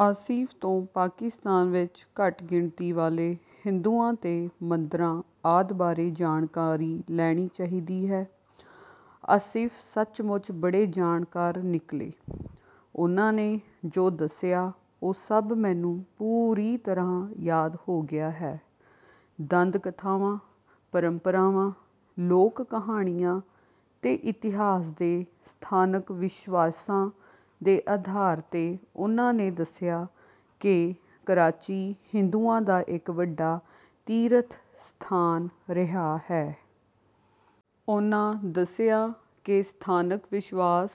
ਆਸਿਫ ਤੋਂ ਪਾਕਿਸਤਾਨ ਵਿੱਚ ਘੱਟ-ਗਿਣਤੀ ਵਾਲੇ ਹਿੰਦੂਆਂ ਤੇ ਮੰਦਰਾਂ ਆਦਿ ਬਾਰੇ ਜਾਣਕਾਰੀ ਲੈਣੀ ਚਾਹੀਦੀ ਹੈ। ਆਸਿਫ ਸੱਚਮੁੱਚ ਬੜੇ ਜਾਣਕਾਰ ਨਿਕਲੇ। ਉਹਨਾਂ ਨੇ ਜੋ ਦੱਸਿਆ, ਉਹ ਸਭ ਮੈਨੂੰ ਪੂਰੀ ਤਰ੍ਹਾਂ ਯਾਦ ਹੋ ਗਿਆ ਹੈ—ਦੰਦ-ਕਥਾਵਾਂ, ਪਰੰਪਰਾਵਾਂ, ਲੋਕ-ਕਹਾਣੀਆਂ ਤੇ ਇਤਿਹਾਸ ਦੇ ਸਥਾਨਕ ਵਿਸ਼ਵਾਸਾਂ ਦੇ ਆਧਾਰ 'ਤੇ ਉਹਨਾਂ ਨੇ ਦੱਸਿਆ ਕਿ ਕਰਾਚੀ ਹਿੰਦੂਆਂ ਦਾ ਇੱਕ ਵੱਡਾ ਤੀਰਥ-ਸਥਾਨ ਰਿਹਾ ਹੈ। ਉਹਨਾਂ ਦੱਸਿਆ ਕਿ ਸਥਾਨਕ ਵਿਸ਼ਵਾਸ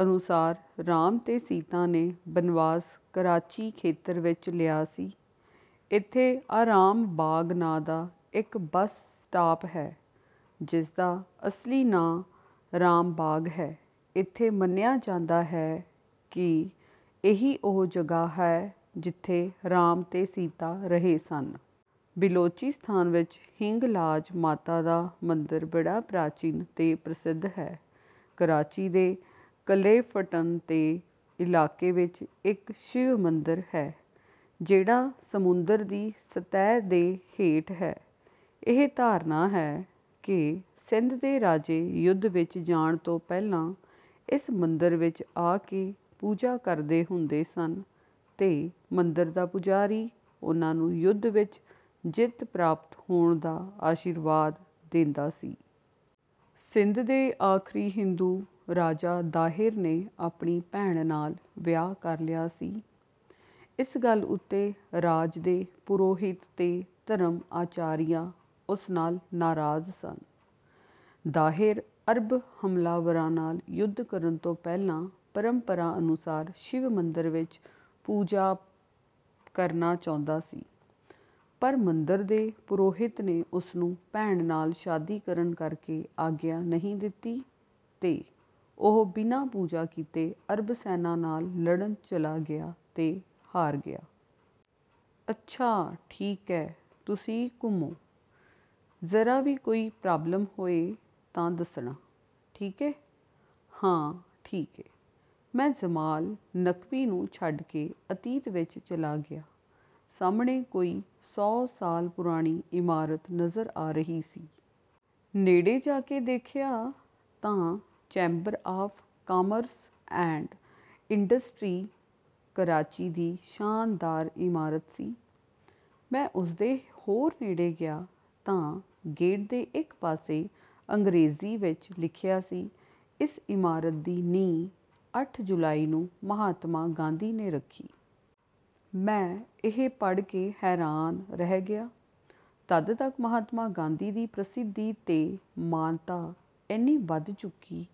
ਅਨੁਸਾਰ ਰਾਮ ਤੇ ਸੀਤਾ ਨੇ ਬਨਵਾਸ ਕਰਾਚੀ ਖੇਤਰ ਵਿੱਚ ਲਿਆ ਸੀ। ਇੱਥੇ ਆਰਾਮ ਬਾਗ਼ ਨਾਂ ਦਾ ਇੱਕ ਬੱਸ-ਸਟਾਪ ਹੈ, ਜਿਸਦਾ ਅਸਲੀ ਨਾਂ ਰਾਮ ਬਾਗ਼ ਹੈ। ਇੱਥੇ ਮੰਨਿਆ ਜਾਂਦਾ ਹੈ ਕਿ ਇਹੀ ਉਹ ਜਗ੍ਹਾ ਹੈ, ਜਿੱਥੇ ਰਾਮ ਤੇ ਸੀਤਾ ਰਹੇ ਸਨ। ਬਿਲੋਚਿਸਤਾਨ ਵਿੱਚ ਹਿੰਗਲਾਜ ਮਾਤਾ ਦਾ ਮੰਦਰ ਬੜਾ ਪ੍ਰਾਚੀਨ ਤੇ ਪ੍ਰਸਿੱਧ ਹੈ। ਕਰਾਚੀ ਦੇ ਕਲਿਫਟਨ ਦੇ ਇਲਾਕੇ ਵਿੱਚ ਇੱਕ ਸ਼ਿਵ ਮੰਦਰ ਹੈ, ਜਿਹੜਾ ਸਮੁੰਦਰ ਦੀ ਸਤਹ ਦੇ ਹੇਠ ਹੈ। ਇਹ ਧਾਰਨਾ ਹੈ ਕਿ ਸਿੰਧ ਦੇ ਰਾਜੇ ਯੁੱਧ ਵਿੱਚ ਜਾਣ ਤੋਂ ਪਹਿਲਾਂ ਇਸ ਮੰਦਰ ਵਿੱਚ ਆ ਕੇ ਪੂਜਾ ਕਰਦੇ ਹੁੰਦੇ ਸਨ ਤੇ ਮੰਦਰ ਦਾ ਪੁਜਾਰੀ ਉਹਨਾਂ ਨੂੰ ਯੁੱਧ ਵਿੱਚ ਜਿੱਤ ਪ੍ਰਾਪਤ ਹੋਣ ਦਾ ਅਸ਼ੀਰਵਾਦ ਦੇਂਦਾ ਸੀ। ਸਿੰਧ ਦੇ ਆਖ਼ਰੀ ਹਿੰਦੂ ਰਾਜਾ ਦਾਹਿਰ ਨੇ ਆਪਣੀ ਭੈਣ ਨਾਲ ਵਿਆਹ ਕਰ ਲਿਆ ਸੀ। ਇਸ ਗੱਲ ਉੱਤੇ ਰਾਜ ਦੇ ਪੁਰੋਹਿਤ ਤੇ ਧਰਮ-ਆਚਾਰੀਆ ਉਸ ਨਾਲ ਨਾਰਾਜ਼ ਸਨ। ਦਾਹਿਰ, ਅਰਬ ਹਮਲਾਵਰਾਂ ਨਾਲ ਯੁੱਧ ਕਰਨ ਤੋਂ ਪਹਿਲਾਂ, ਪਰੰਪਰਾ ਅਨੁਸਾਰ ਸ਼ਿਵ ਮੰਦਰ ਵਿੱਚ ਪੂਜਾ ਕਰਨਾ ਚਾਹੁੰਦਾ ਸੀ, ਪਰ ਮੰਦਰ ਦੇ ਪੁਰੋਹਿਤ ਨੇ ਉਸਨੂੰ ਭੈਣ ਨਾਲ ਸ਼ਾਦੀ ਕਰਨ ਕਰਕੇ ਆਗਿਆ ਨਹੀਂ ਦਿੱਤੀ ਤੇ ਉਹ ਬਿਨਾਂ ਪੂਜਾ ਕੀਤੇ ਅਰਬ ਸੈਨਾ ਨਾਲ ਲੜਨ ਚਲਾ ਗਿਆ ਤੇ ਹਾਰ ਗਿਆ। "ਅੱਛਾ... ਠੀਕ ਐ... ਤੁਸੀਂ ਘੁੰਮੋ... ਜ਼ਰਾ ਵੀ ਕੋਈ ਪ੍ਰਾਬਲਮ ਹੋਏ ਤਾਂ ਦੱਸਣਾ, ਠੀਕ ਏ।" "ਹਾਂ... ਠੀਕ ਏ।" ਮੈਂ ਜਮਾਲ ਨਕਵੀ ਨੂੰ ਛੱਡ ਕੇ ਅਤੀਤ ਵਿੱਚ ਚਲਾ ਗਿਆ। ਸਾਹਮਣੇ ਕੋਈ ਸੌ ਸਾਲ ਪੁਰਾਣੀ ਇਮਾਰਤ ਨਜ਼ਰ ਆ ਰਹੀ ਸੀ। ਨੇੜੇ ਜਾ ਕੇ ਦੇਖਿਆ ਤਾਂ chamber of commerce and industry, Karachi ਦੀ ਸ਼ਾਨਦਾਰ ਇਮਾਰਤ ਸੀ। ਮੈਂ ਉਸਦੇ ਹੋਰ ਨੇੜੇ ਗਿਆ ਤਾਂ ਗੇਟ ਦੇ ਇੱਕ ਪਾਸੇ ਅੰਗਰੇਜ਼ੀ ਵਿੱਚ ਲਿਖਿਆ ਸੀ, "ਇਸ ਇਮਾਰਤ ਦੀ ਨੀਂਹ ਅੱਠ ਜੁਲਾਈ ਨੂੰ ਮਹਾਤਮਾ ਗਾਂਧੀ ਨੇ ਰੱਖੀ।" ਮੈਂ ਇਹ ਪੜ੍ਹ ਕੇ ਹੈਰਾਨ ਰਹਿ ਗਿਆ। ਤਦ ਤੱਕ ਮਹਾਤਮਾ ਗਾਂਧੀ ਦੀ ਪ੍ਰਸਿੱਧੀ ਤੇ ਮਾਨਤਾ ਏਨੀ ਵੱਧ ਚੁੱਕੀ...